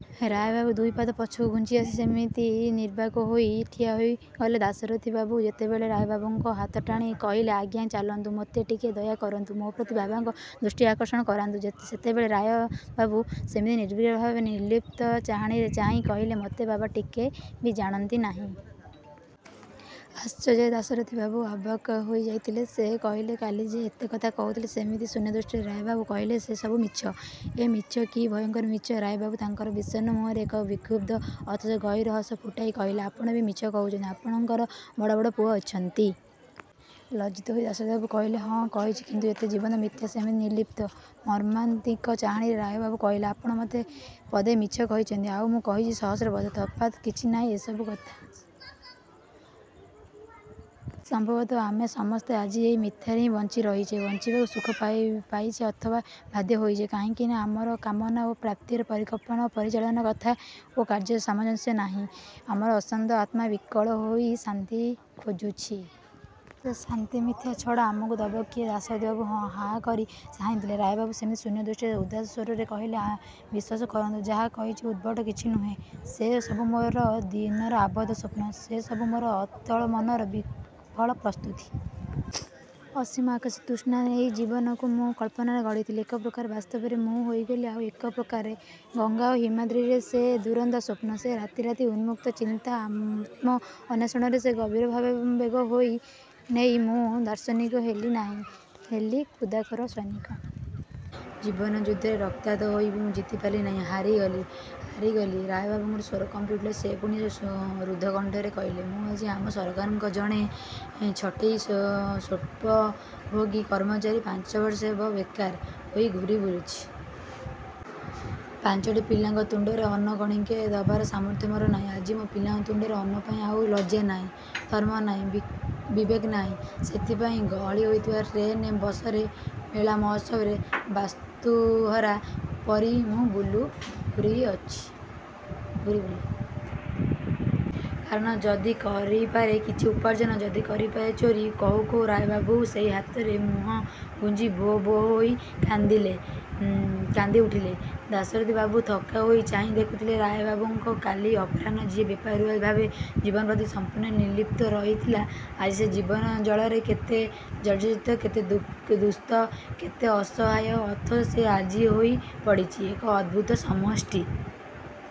ରାୟ ବାବୁ ଦୁଇ ପାଦ ପଛକୁ ଘୁଞ୍ଚି ଆସି ସେମିତି ନିର୍ବାକ ହୋଇ ଠିଆ ହୋଇଗଲେ। ଦାଶରଥି ବାବୁ ଯେତେବେଳେ ରାୟ ବାବୁଙ୍କ ହାତ ଟାଣି କହିଲେ ଆଜ୍ଞା ଚାଲନ୍ତୁ, ମତେ ଟିକେ ଦୟା କରନ୍ତୁ, ମୋ ପ୍ରତି ବାବାଙ୍କ ଦୃଷ୍ଟି ଆକର୍ଷଣ କରାନ୍ତୁ। ସେତେବେଳେ ରାୟ ବାବୁ ସେମିତି ନିର୍ବିକାର ଭାବେ, ନୀର୍ଲିପ୍ତ ଚାହାଣୀରେ ଚାହିଁ କହିଲେ ମୋତେ ବାବା ଟିକେ ବି ଜାଣନ୍ତି ନାହିଁ। ଆଶ୍ଚର୍ଯ୍ୟରେ ଦାଶରଥି ବାବୁ ଅବାକ୍ ହୋଇ ଯାଇଥିଲେ, ସେ କହିଲେ କାଲି ଯେ ଏତେ କଥା କହୁଥିଲେ। ସେମିତି ଶୂନ୍ୟଦୃଷ୍ଟିରେ ରାୟ ବାବୁ କହିଲେ ସେ ସବୁ ମିଛ । ଏଁ ମିଛ? କି ଭୟଙ୍କର ମିଛ। ରାୟ ବାବୁ ତାଙ୍କର ବିଷଣ୍ଣ ମୁହଁରେ ଏକ ବିକ୍ଷୁବ୍ଧ, ଅଥଚ ଗହୀର ହସ ଫୁଟାଇ କହିଲେ ଆପଣ ବି ମିଛ କହୁଚନ୍ତି ଆପଣଙ୍କର ବଡ଼ ବଡ଼ ପୁଅ ଅଛନ୍ତି। ଲଜ୍ଜିତ ହୋଇ ଦାଶରଥି ବାବୁ କହିଲେ ହଁ, କହିଛି କିନ୍ତୁ ଏତେ ଜୀବନ୍ତ ମିଥ୍ୟା ସେମିତି ନିର୍ଲିପ୍ତ, ମର୍ମାନ୍ତିକ ଚାହାଣୀରେ ରାୟ ବାବୁ କହିଲେ, ଆପଣ ପଦେ ମିଛ କହିଚନ୍ତି ଆଉ ମୁଁ କହିଚି ସହସ୍ର ପଦ। ତଫାତ୍ କିଛି ନାଇଁ, ସବୁ ଏକା କଥା। ସମ୍ଭବତଃ ଆମେ ସମସ୍ତେ ଆଜି ଏଇ ମିଥ୍ୟାରେ ହିଁ ବଞ୍ଚି ରହିଛେ। ବଞ୍ଚିବାକୁ ସୁଖ ପାଇଚେ ଅଥବା ବାଧ୍ୟ ହୋଇଚେ। କାହିଁକି ନା ଆମର କାମନା ଓ ପ୍ରାପ୍ତିର, ପରିକଳ୍ପନା ଓ ପରିଚାଳନାରେ, କଥା ଓ କାର୍ଯ୍ୟର ସାମଞ୍ଜସ୍ୟ ନାହିଁ। ଆମର ଅଶାନ୍ତ ଆତ୍ମା ବିକଳ ହୋଇ ଶାନ୍ତି ଖୋଜୁଚି। ସେ ଶାନ୍ତି ମିଥ୍ୟା ଛଡ଼ା ଆମକୁ ଦବ କିଏ? ଦାଶରଥି ବାବୁ ହାଁ କରି ଚାହିଁ ଥିଲେ, ରାୟ ବାବୁ ସେମିତି ଶୂନ୍ୟ ଦୃଷ୍ଟିରେ ଉଦାସ ସ୍ୱରରେ କହିଲେ ବିଶ୍ୱାସ କରନ୍ତୁ, ଯାହା କହିଛି ଉଦ୍ଭଟ କିଛି ନୁହେଁ। ସେ ସବୁ ମୋର ଦିନର ଆବଦ୍ଧ ସ୍ୱପ୍ନ, ସେ ସବୁ ମୋର ଅତଳ ମନର ବିଫଳ ପ୍ରସ୍ତୁତି। ଅସୀମ ଆକାଶର ତୃଷ୍ଣା ନେଇ ଜୀବନକୁ ମୁଁ କଳ୍ପନାରେ ଗଢ଼ିଥିଲି ଏକ ପ୍ରକାର, ବାସ୍ତବରେ ମୁଁ ହୋଇଗଲି ଆଉ ଏକ ପ୍ରକାରେ। ଗଙ୍ଗା ଓ ହିମାଦ୍ରୀର ସେ ଦୁରନ୍ତା ସ୍ୱପ୍ନ, ସେ ରାତି ରାତି ଉନ୍ମୁକ୍ତ ଚିନ୍ତା, ଆତ୍ମ ଅନ୍ୱେଷଣର ସେ ଗଭୀର ଭାବାବେଗ ନେଇ ମୁଁ ଦାର୍ଶନିକ ହେଲି ନାହିଁ, ହେଲି ଯୁଦ୍ଧଖୋର ସୈନିକ। ଜୀବନ ଯୁଦ୍ଧରେ ରକ୍ତାକ୍ତ ହୋଇ ବି ମୁଁ ଜିତି ପାରିଲି ନାହିଁ। ହାରି ଗଲି, ହାରି ଗଲି ରାୟ ବାବୁଙ୍କ ସ୍ୱର କମ୍ପି ଉଠିଲା । ସେ ପୁଣି ରୁଦ୍ଧକଣ୍ଠରେ କହିଲେ ମୁଁ ଆଜି ଆମ ସରକାରଙ୍କର ଜଣେ ଛଟେଇ ସ୍ଵଳ୍ପଭୋଗୀ କର୍ମଚାରୀ । ପାଞ୍ଚବର୍ଷ ହେବ ବେକାର ହୋଇ ଘୂରି ବୁଲୁଛି । ପାଞ୍ଚଟି ପିଲାଙ୍କ ତୁଣ୍ଡରେ ଅନ୍ନ କଣିକାଏ ଦବାର ସାମର୍ଥ୍ୟ ମୋର ନାହିଁ । ଆଜି ମୋ ପିଲାଙ୍କ ତୁଣ୍ଡରେ ଅନ୍ନପାଇଁ ଆଉ ଲଜ୍ଜା ନାହିଁ, ଧର୍ମ ନାହିଁ, ବିବେକ ନାହିଁ । ସେଥିପାଇଁ ଗହଳି ହୋଇଥିବା ଟ୍ରେନ ବସରେ, ମେଳା ମହାତ୍ସବରେ ବାସ୍ତୁହରା ପରି ମୁଁ ଘୁରିବୁଲେ। କାରଣ ଯଦି କରିପାରେ କିଛି ଉପାର୍ଜନ, ଯଦି କରିପାରେ ଚୋରୀ, କହୁ କହୁ ରାୟ ବାବୁ ସେଇ ହାତରେ ମୁହଁ ଗୁଞ୍ଜି ଭୋ ଭୋ କାନ୍ଦି ଉଠିଲେ। ଦାଶରଥୀ ବାବୁ ଥକ୍କା ହୋଇ ଚାହିଁ ଦେଖୁଥିଲେ ରାୟ ବାବୁଙ୍କୁ। କାଲି ଅପରାହ୍ନରେ ଯିଏ ବେପରୁଆ ଭାବେ, ଜୀବନ ପ୍ରତି ସମ୍ପୂର୍ଣ୍ଣ ନିର୍ଲିପ୍ତ ରହିଥିଲା ଆଜି ସେ ଜୀବନ ଜ୍ୱାଳାରେ କେତେ ଜର୍ଜରିତ, କେତେ ଦୁଃସ୍ଥ, କେତେ ଅସହାୟ ଅଥଚ ସେ ଆଜି ହୋଇ ପଡ଼ିଛି ଏକ ଅଦ୍ଭୁତ ସମଷ୍ଟି।